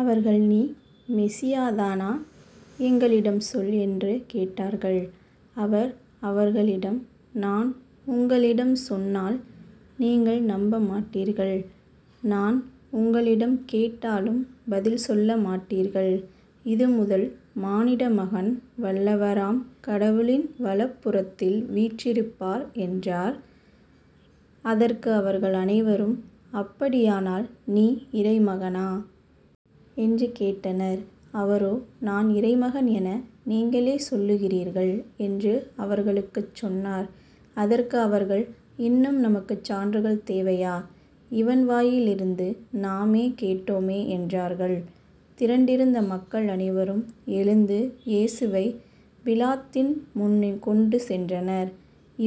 அவர்கள் நீ மெசியாதானா? எங்களிடம் சொல் என்று கேட்டார்கள். அவர் அவர்களிடம் நான் உங்களிடம் சொன்னால் நீங்கள் நம்பமாட்டீர்கள் நான் உங்களிடம் கேட்டாலும் பதில் சொல்ல மாட்டீர்கள். இதுமுதல் மானிடமகன் வல்லவராம் கடவுளின் வலப்புறத்தில் வீற்றிருப்பார் என்றார். அதற்கு அவர்கள் அனைவரும் அப்படியானால் நீ இறைமகனா? என்று கேட்டனர். அவரோ நான் இறைமகன் என நீங்களே சொல்லுகிறீர்கள் என்று அவர்களுக்குச் சொன்னார். அதற்கு அவர்கள் இன்னும் நமக்குச் சான்றுகள் தேவையா? இவன் வாயிலிருந்து நாமே கேட்டோமே என்றார்கள். திரண்டிருந்த மக்கள் அனைவரும் எழுந்து இயேசுவைப் பிலாத்தின்முன் கொண்டு சென்றனர்.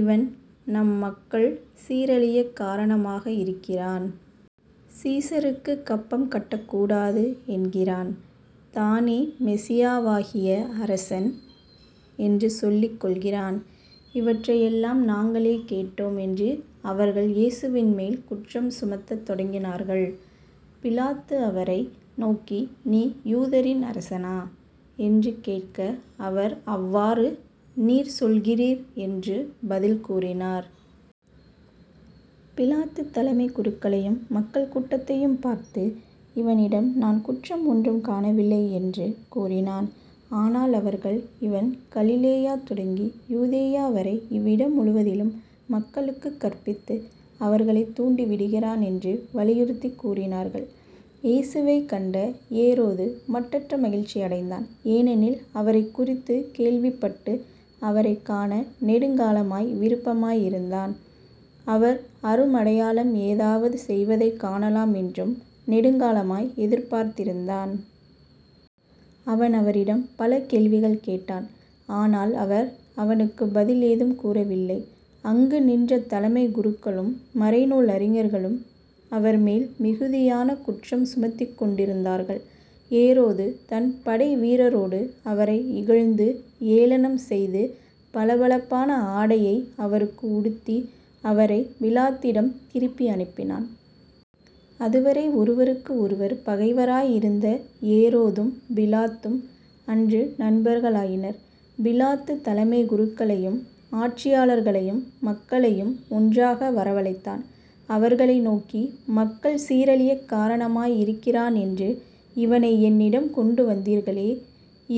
இவன் நம் மக்கள் சீரழியக் காரணமாக இருக்கிறான். சீசருக்குக் கப்பம் கட்டக்கூடாது என்கிறான். தானே மெசியாவாகிய அரசன் என்று சொல்லிக் கொள்கிறான். இவற்றையெல்லாம் நாங்களே கேட்டோம் என்று அவர்கள் இயேசுவின் மேல் குற்றம் சுமத்தத் தொடங்கினார்கள். பிலாத்து அவரை நோக்கி நீ யூதரின் அரசனா? என்று கேட்க அவர் அவ்வாறு நீர் சொல்கிறீர் என்று பதில் கூறினார். பிலாத்து தலைமைக் குருக்களையும் மக்கள் கூட்டத்தையும் பார்த்து இவனிடம் நான் குற்றம் ஒன்றும் காணவில்லை என்று கூறினான். ஆனால் அவர்கள் இவன் கலிலேயா தொடங்கி யூதேயா வரை இவ்விடம் முழுவதிலும் மக்களுக்குக் கற்பித்து அவர்களைத் தூண்டிவிடுகிறான் என்று வலியுறுத்திக் கூறினார்கள். இயேசுவைக் கண்ட ஏரோது மட்டற்ற மகிழ்ச்சி அடைந்தான் ஏனெனில் அவரைக் குறித்துக் கேள்விப்பட்டு அவரைக் காண நெடுங்காலமாய் விருப்பமாய் இருந்தான் அவர் அரும் அடையாளம் ஏதாவது செய்வதைக் காணலாம் என்றும் நெடுங்காலமாய் எதிர்பார்த்திருந்தான். அவன் அவரிடம் பல கேள்விகள் கேட்டான். ஆனால் அவர் அவனுக்குப் பதில் எதுவும் கூறவில்லை. அங்கு நின்ற தலைமைக் குருக்களும் மறைநூல் அறிஞர்களும் அவர்மேல் மிகுதியான குற்றம் சுமத்திக் கொண்டிருந்தார்கள். ஏரோது தன் படைவீரரோடு அவரை இகழ்ந்து ஏளனம் செய்து பளபளப்பான ஆடையை அவருக்கு உடுத்தி அவரைப் பிலாத்திடம் திருப்பி அனுப்பினான். அதுவரை ஒருவருக்கு ஒருவர் பகைவராய் இருந்த ஏரோதும் பிலாத்தும் அன்று நண்பர்களாயினர். பிலாத்து தலைமைக் குருக்களையும் ஆட்சியாளர்களையும் மக்களையும் ஒன்றாக வரவழைத்தான். அவர்களை நோக்கி மக்கள் சீரழியக் காரணமாய் இருக்கிறான் என்று இவனை என்னிடம் கொண்டு வந்தீர்களே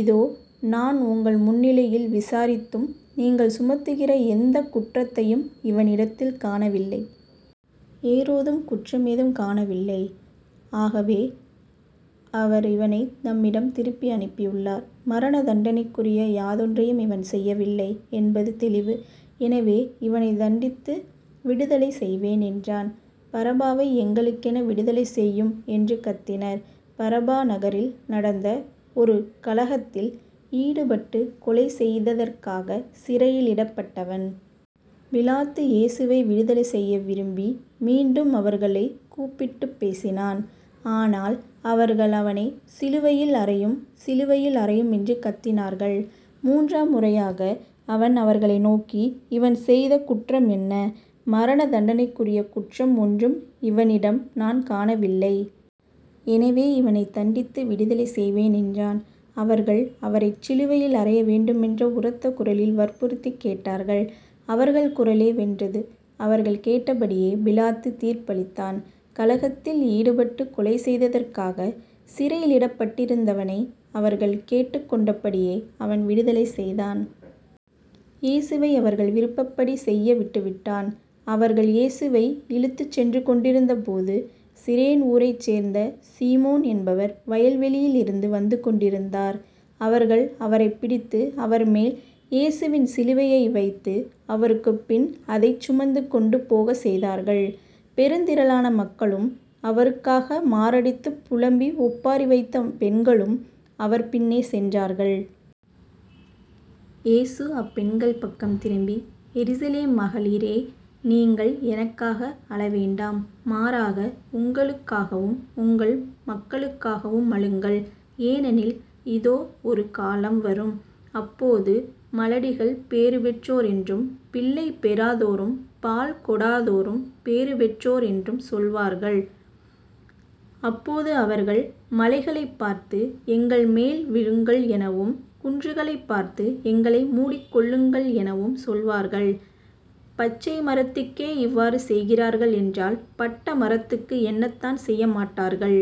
இதோ நான் உங்கள் முன்னிலையில் விசாரித்தும் நீங்கள் சுமத்துகிற எந்தக் குற்றத்தையும் இவனிடத்தில் காணவில்லை. ஏரோதும் குற்றம் எதுவும் காணவில்லை ஆகவே அவர் இவனை நம்மிடம் திருப்பி அனுப்பியுள்ளார். மரண தண்டனைக்குரிய யாதொன்றையும் இவன் செய்யவில்லை என்பது தெளிவு. எனவே இவனைத் தண்டித்து விடுதலை செய்வேன் என்றான். பரபாவை எங்களுக்கென விடுதலை செய்யும் என்று கத்தினர். பரபா நகரில் நடந்த ஒரு கலகத்தில் ஈடுபட்டுக் கொலை செய்ததற்காகச் சிறையிலிடப்பட்டவன். பிலாத்து இயேசுவை விடுதலை செய்ய விரும்பி மீண்டும் அவர்களைக் கூப்பிட்டுப் பேசினான். ஆனால் அவர்கள் அவனைச் சிலுவையில் அறையும் சிலுவையில் அறையும் என்று கத்தினார்கள். மூன்றாம் முறையாக அவன் அவர்களை நோக்கி இவன் செய்த குற்றம் என்ன? மரண தண்டனைக்குரிய குற்றம் ஒன்றும் இவனிடம் நான் காணவில்லை. எனவே இவனைத் தண்டித்து விடுதலை செய்வேன் என்றான். அவர்கள் அவரைச் சிலுவையில் அறைய வேண்டுமென்று உரத்த குரலில் வற்புறுத்திக் கேட்டார்கள். அவர்கள் குரலே வென்றது. அவர்கள் கேட்டபடியே பிலாத்து தீர்ப்பு அளித்தான். கலகத்தில் ஈடுபட்டு கொலை செய்ததற்காகச் சிறையிலிடப்பட்டிருந்தவனை அவர்கள் கேட்டுக் கொண்டபடியே அவன் விடுதலை செய்தான். இயேசுவை அவர்கள் விருப்பப்படி செய்ய விட்டுவிட்டான். அவர்கள் இயேசுவை இழுத்துச் சென்றுகொண்டிருந்தபோது சிரேன் ஊரைச்சேர்ந்த சீமோன் என்பவர் வயல்வெளியிலிருந்து வந்துகொண்டிருந்தார். அவர்கள் அவரைப் பிடித்து அவர்மேல் இயேசுவின் சிலுவையை வைத்து அவருக்குப்பின் அதைச் சுமந்து கொண்டுபோகச் செய்தார்கள். பெருந்திரளான மக்களும் அவருக்காக மாரடித்துப் புலம்பி ஒப்பாரி வைத்த பெண்களும் அவர் பின்னே சென்றார்கள். இயேசு அப்பெண்கள் பக்கம் திரும்பி எருசலேம் மகளிரே நீங்கள் எனக்காக அழவேண்டாம் மாறாக உங்களுக்காகவும் உங்கள் மக்களுக்காகவும் அழுங்கள். ஏனெனில் இதோ ஒரு காலம் வரும். அப்போது மலடிகள் பேறுபெற்றோர் என்றும் பிள்ளை பெறாதோரும் பால் கொடாதோரும் பேறு பெற்றோர் என்றும் சொல்வார்கள். அப்போது அவர்கள் மலைகளைப் பார்த்து எங்கள் மேல் விழுங்கள் எனவும் குன்றுகளைப் பார்த்து எங்களை மூடிக்கொள்ளுங்கள் எனவும் சொல்வார்கள். பச்சை மரத்துக்கே இவ்வாறு செய்கிறார்கள் என்றால் பட்ட மரத்துக்கு என்னதான் செய்யமாட்டார்கள்.